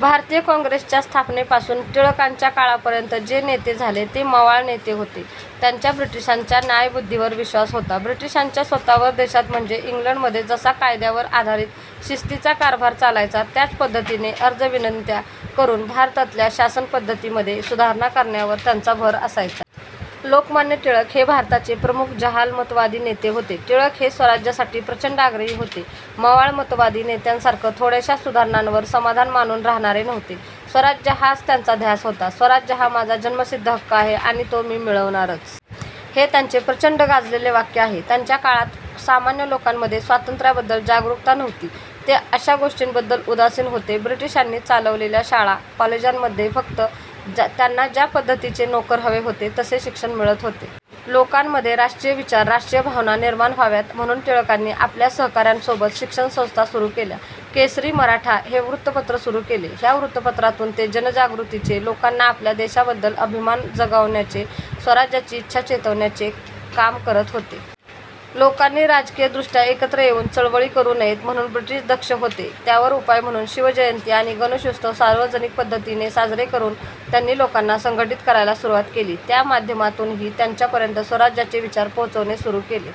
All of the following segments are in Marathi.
भारतीय काँग्रेसच्या स्थापनेपासुन टिळकांच्या काळापर्यंत जे नेते झाले ते मवाळ नेते होते. त्यांचा ब्रिटिशांच्या न्यायबुद्धीवर विश्वास होता. ब्रिटिशांच्या स्वतःच्या देशात म्हणजे इंग्लंडमध्ये जसा कायद्यावर आधारित शिस्तीचा कारभार चालायचा, त्याच पद्धतीने अर्जविनंत्या करून, भारतातल्या शासनपद्धतीमध्ये सुधारणा करण्यावर त्यांचा भर असायचा. लोकमान्य टिळक हे भारताचे प्रमुख जहालमतवादी नेते होते. टिळक हे स्वराज्यासाठी प्रचंड आग्रही होते. मवाळमतवादी नेत्यांसारखं थोड्याशा सुधारणांवर समाधान मानुन राहणारे नव्हते. स्वराज्य हाच त्यांचा ध्यास होता. स्वराज्य हा माझा जन्मसिद्ध हक्क आहे आणि तो मी मिळवणारच. हे त्यांचे प्रचंड गाजलेले वाक्य आहे. त्यांच्या काळात सामान्य लोकांमध्ये स्वातंत्र्याबद्दल जागरूकता नव्हती. ते अशा गोष्टींबद्दल उदासीन होते. ब्रिटिशांनी चालवलेल्या शाळा कॉलेजांमध्ये फक्त त्यांना ज्या पद्धतीचे नोकर हवे होते तसे शिक्षण मिळत होते. लोकांमध्ये राष्ट्रीय विचार राष्ट्रीय भावना निर्माण व्हाव्यात म्हणुन टिळकांनी आपल्या सहकाऱ्यांसोबत शिक्षण संस्था सुरु केल्या. केसरी मराठा हे वृत्तपत्र सुरु केले. ह्या वृत्तपत्रातुन ते जनजागृतीचे लोकांना आपल्या देशाबद्दल अभिमान जगवण्याचे स्वराज्याची इच्छा चेतवण्याचे काम करत होते. लोकांनी राजकीय दृष्ट्या एकत्र येऊन चळवळी करू नयेत म्हणुन ब्रिटिश दक्ष होते. त्यावर उपाय म्हणून शिवजयंती आणि गणेशोत्सव सार्वजनिक पद्धतीने साजरे करून त्यांनी लोकांना संघटित करायला सुरुवात केली. त्या माध्यमातूनही त्यांच्यापर्यंत स्वराज्याचे विचार पोहोचवणे सुरु केले.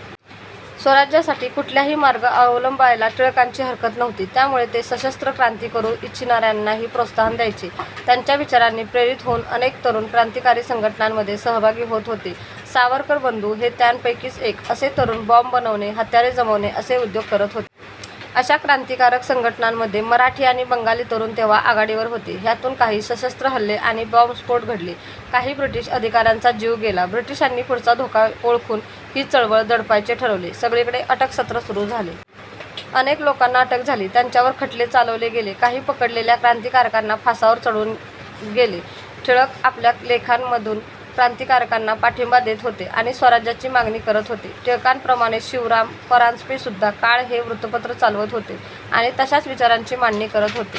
स्वराज्यासाठी कुठल्याही मार्ग अवलंबायला टिळकांची हरकत नव्हती. त्यामुळे ते सशस्त्र क्रांती करू इच्छिणाऱ्यांनाही प्रोत्साहन द्यायचे. त्यांच्या विचारांनी प्रेरित होऊन अनेक तरुण क्रांतिकारी संघटनांमध्ये सहभागी होत होते. सावरकर बंधु हे त्यापैकीच एक. असे तरुण बॉम्ब बनवणे, हत्यारे जमवणे असे उद्योग करत होते. अशा क्रांतिकारक संघटनांमध्ये मराठी आणि बंगाली तरुण तेव्हा आघाडीवर होते. ह्यातुन काही सशस्त्र हल्ले आणि बॉम्बस्फोट घडले. काही ब्रिटिश अधिकाऱ्यांचा जीव गेला. ब्रिटिशांनी पुढचा धोका ओळखुन हि चळवळ दडपायचे ठरवले. सगळीकडे अटकसत्र सुरु झाले. अनेक लोकांना अटक झाली, त्यांच्यावर खटले चालवले गेले, काही पकडलेल्या क्रांतीकारकांना फासावर चढवले गेले. टिळक आपल्या लेखांमधुन क्रांतीकारकांना पाठिंबा देत होते आणि स्वराज्याची मागणी करत होते. टिळकांप्रमाणेच शिवराम परांजपेसुद्धा काळ हे वृत्तपत्र चालवत होते आणि तशाच विचारांची मांडणी करत होते.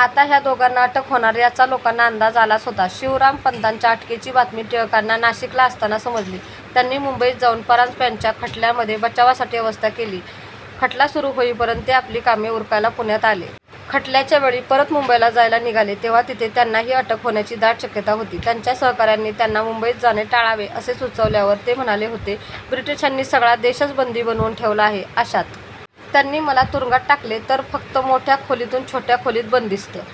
आता ह्या दोघांना अटक होणार याचा लोकांना अंदाज आलाच होता. शिवरामपंतांच्या अटकेची बातमी टिळकांना नाशिकला असताना समजली. त्यांनी मुंबईत जाऊन परांजप्यांच्या खटल्यामध्ये बचावासाठी व्यवस्था केली. खटला सुरु होईपर्यंत ते आपली कामे उरकायला पुण्याला आले. खटल्याच्या वेळी परत मुंबईला जायला निघाले तेव्हा तिथे त्यांनाही अटक होण्याची दाट शक्यता होती. त्यांच्या सहकाऱ्यांनी त्यांना मुंबईत जाणे टाळावे असे सुचवल्यावर ते म्हणाले होते ब्रिटिशांनी सगळा देशच बंदी बनवुन ठेवला आहे. अशात त्यांनी मला तुरुंगात टाकले तर फक्त मोठ्या खोलीतुन छोट्या खोलीत बंदिस्त